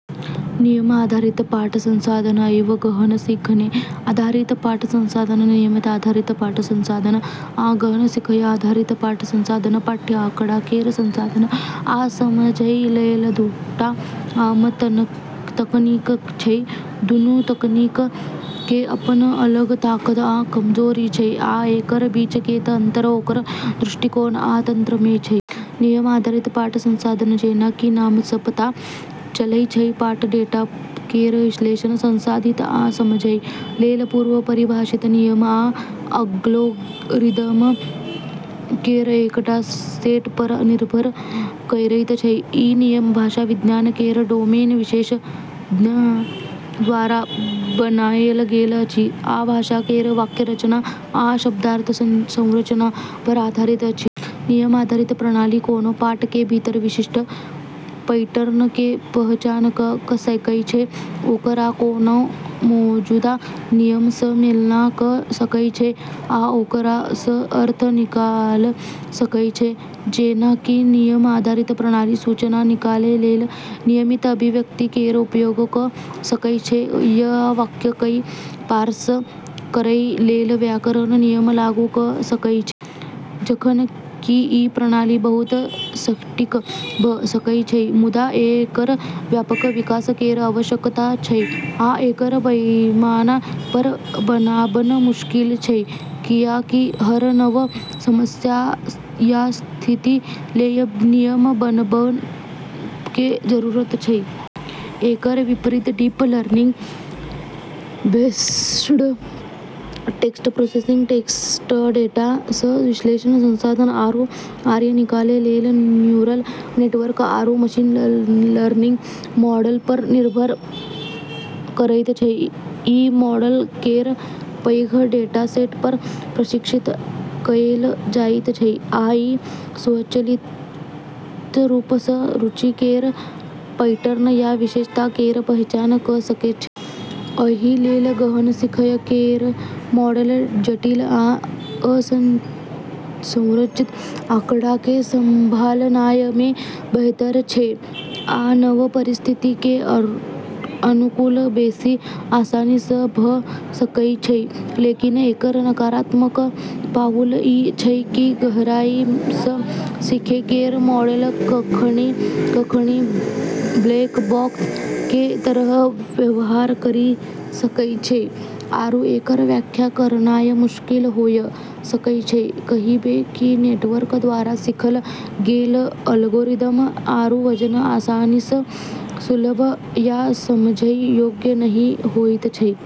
नियम आधारित पाठ संसाधन एवं गहन सीखने आधारित पाठ संसाधन। नियम आधारित पाठ संसाधन आ गहन सीखय आधारित पाठ संसाधन पाठ्य आँकड़ा केर संसाधन आ समझै लेल दूटा आम तकनीक छै। दुनू तकनीक के अपन अलग ताकत आ कमजोरी छै, आ एकर बीच केर अंतर ओकर दृष्टिकोण आ तंत्र मे छै। नियम आधारित पाठ संसाधन, जेना कि नाम सँ पता चलै छै, पाठ डेटा केर विश्लेषण, संसाधित आ समझै लेल पूर्व परिभाषित नियम आ एल्गोरिदम केर एकटा सेट पर निर्भर करैत छै। ई नियम भाषा विज्ञान केर डोमेन विशेषज्ञ द्वारा बनाएल गेल अछि, आ भाषा केर वाक्य रचना आ शब्दार्थ संरचना पर आधारित अछि। नियम आधारित प्रणाली कोनो पाठ के भीतर विशिष्ट पैटर्न केर पहचान कऽ सकै छै, ओकरा कोनो मौजूदा नियम सँ मिलान कऽ सकै छै आ ओकरा सँ अर्थ निकाल सकै छै। जेना कि नियम आधारित प्रणाली सूचना निकालै लेल नियमित अभिव्यक्ति केर उपयोग कऽ सकै छै, या वाक्य केँ पार्स करै लेल व्याकरण नियम लागू कऽ सकै छै। जखन कि ई प्रणाली बहुत सटीक भऽ सकै छै, मुदा एकर व्यापक विकास केर आवश्यकता छै आ एकर पैमाना पर बनाबब मुश्किल छै, कियाकि हर नव समस्या या स्थिति लेल नियम बनाबब केर जरूरत छै। एकर विपरीत, deep learning based text processing text data सँ विश्लेषण, संसाधन आरू अर्थ निकालै लेल न्यूरल नेटवर्क आरू मशीन लर्निंग मॉडल पर निर्भर करैत छै। ई मॉडल केर पैघ डेटासेट पर प्रशिक्षित कएल जाइत छै आ ई स्वचालित रूप सँ रुचि केर पैटर्न या विशेषता केर पहचान कऽ सकै छै। एहि लेल गहन सीखय केर मॉडल जटिल आ असंरचित आँकड़ा केँ संभालनाय मे बेहतर छै, आ नव परिस्थिति केर अनुकूल बेसि आसानी सँ भऽ सकै छै। लेकिन एकर नकारात्मक पहलू ई छै कि गहराई सँ सीखै केर मॉडल कखनी-कखनी 'ब्लैक बॉक्स' केर तरह व्यवहार करी सकै छै आरू एकर व्याख्या करनाय मुश्किल होय सकै छै, कहिबे कि नेटवर्क द्वारा सीखल गेल एल्गोरिदम आरू वजन आसानी सँ सुलभ या समझै योग्य नहि होइत छै।